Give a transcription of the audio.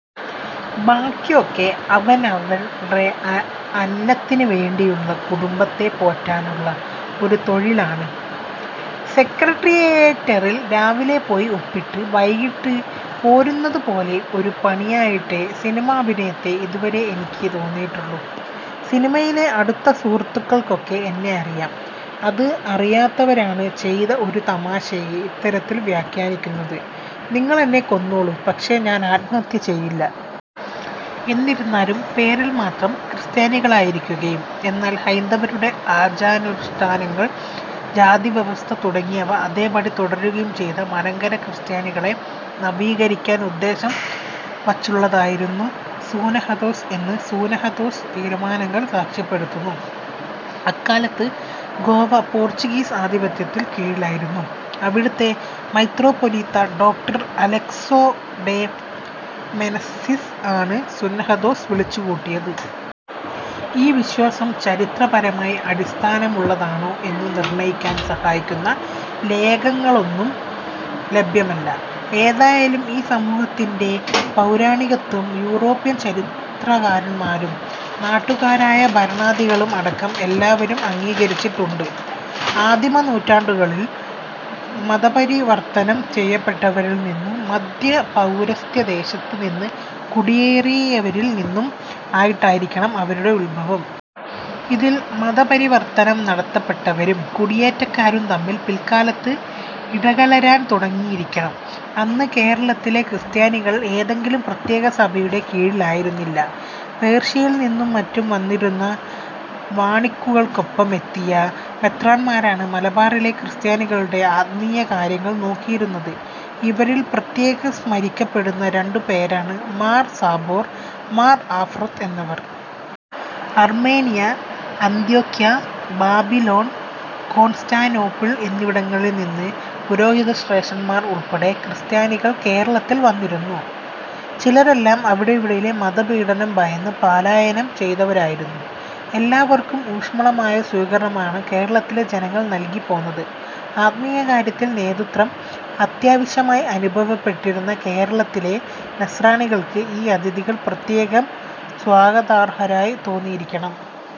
ബാക്കിയൊക്കെ അവനവൻറെ അന്നത്തിന് വേണ്ടിയുള്ള, കുടുംബത്തെ പോറ്റാനുള്ള ഒരു തൊഴിലാണ്. സെക്രട്ടേറിയറ്റിൽ രാവിലെ പോയി ഒപ്പിട്ട്, വൈകിട്ട് പോരുന്നതുപോലെ ഒരു പണിയായിട്ടേ സിനിമാഭിനയത്തെ ഇതുവരെ എനിക്ക് തോന്നിയിട്ടുള്ളൂ. സിനിമയിലെ അടുത്ത സുഹൃത്തുക്കൾക്കൊക്കെ എന്നെ അറിയാം. അത് അറിയാത്തവരാണ് ചെയ്ത ഒരു തമാശയെ ഇത്തരത്തിൽ വ്യാഖ്യാനിക്കുന്നത്. നിങ്ങൾ എന്നെ കൊന്നോളൂ, പക്ഷേ ഞാൻ ആത്മഹത്യ ചെയ്യില്ല. എന്നിരുന്നാലും പേരിൽമാത്രം ക്രിസ്ത്യാനികളായിരിക്കുകയും എന്നാൽ ഹൈന്ദവരുടെ ആചാരാനുഷ്ഠാനങ്ങൾ, ജാതിവ്യവസ്ഥ തുടങ്ങിയവ അതേപടി തുടരുകയും ചെയ്ത മലങ്കര ക്രിസ്ത്യാനികളെ നവീകരിക്കാൻ ഉദ്ദേശം വച്ചുള്ളതായിരുന്നു സൂനഹദോസ് എന്ന് സൂനഹദോസ് തീരുമാനങ്ങൾ സാക്ഷ്യപ്പെടുത്തുന്നു. അക്കാലത്ത് ഗോവ പോർച്ചുഗീസ് ആധിപത്യത്തിൻ കീഴിലായിരുന്നു. അവിടത്തെ മെത്രാപ്പോലീത്ത, ഡോ. അലെക്സൊ ഡെ മെനസിസ് ആണ് സുന്നഹദോസ് വിളിച്ചുകൂട്ടിയത്. ഈ വിശ്വാസം ചരിത്രപരമായി അടിസ്ഥാനമുള്ളതാണോ എന്നു നിർണ്ണയിക്കാൻ സഹായിക്കുന്ന രേഖകളൊന്നും ലഭ്യമല്ല. ഏതായാലും ഈ സമൂഹത്തിന്റെ പൗരാണികത്ത്വം യൂറോപ്യൻ ചരിത്രകാരന്മാരും നാട്ടുകാരായ ഭരണാധികാരികളും അടക്കം എല്ലാവരും അംഗീകരിച്ചിട്ടുണ്ട്. ആദിമ നൂറ്റാണ്ടുകളിൽ മതപരിവർത്തനം ചെയ്യപ്പെട്ടരിൽ നിന്നും മദ്ധ്യ പൗരസ്ത്യ ദേശത്ത് നിന്ന് കുടിയേറിയവരിൽ നിന്നും ആയിട്ടായിരിക്കണം അവരുടെ ഉത്ഭവം. ഇതിൽ മതപരിവർത്തനം നടത്തപ്പെട്ടവരും കുടിയേറ്റക്കാരും തമ്മിൽ പിൽക്കാലത്ത് ഇടകലരാൻ തുടങ്ങിയിരിക്കണം. അന്ന് കേരളത്തിലെ ക്രിസ്ത്യാനികൾ ഏതെങ്കിലും പ്രത്യേക സഭയുടെ കീഴിൽ ആയിരുന്നില്ല. പേർഷ്യയിൽ നിന്നും മറ്റും വന്നിരുന്ന വണിക്കുകൾക്കൊപ്പം എത്തിയ മെത്രാന്മാരാണ് മലബാറിലെ ക്രിസ്ത്യാനികളുടെ ആത്മീയ കാര്യങ്ങൾ നോക്കിയിരുന്നത്. ഇവരിൽ പ്രത്യേകം സ്മരിക്കപ്പെടുന്ന രണ്ടു പേരാണ് മാർ സാബോർ, മാർ ആഫ്രൊത്ത് എന്നിവർ. അർമേനിയ, അന്ത്യോക്ക്യ, ബാബിലോൺ, കോൺസ്റ്റാന്റിനോപ്പിൾ എന്നിവിടങ്ങളിൽ നിന്ന് പുരോഹിതശ്രേഷ്ഠന്മാർ ഉൾപ്പെടെ ക്രിസ്ത്യാനികൾ കേരളത്തിൽ വന്നിരുന്നു. ചിലരെല്ലം അവിടങ്ങളിലെ മത പീഡനം ഭയന്ന് പാലായനം ചെയ്തവരായിരുന്നു. എല്ലാവർക്കും ഊഷ്മളമായ സ്വീകരണമാണ് കേരളത്തിലെ ജനങ്ങൾ നൽകി പോന്നത്. ആത്മീയ കാര്യങ്ങളിൽ നേതൃത്വം അത്യാവശ്യമായി അനുഭവപ്പെട്ടിരുന്ന കേരളത്തിലെ നസ്രാണികൾക്ക് ഈ അതിഥികൾ പ്രത്യേകം സ്വാഗതാർഹരായി തോന്നിയിരിക്കണം.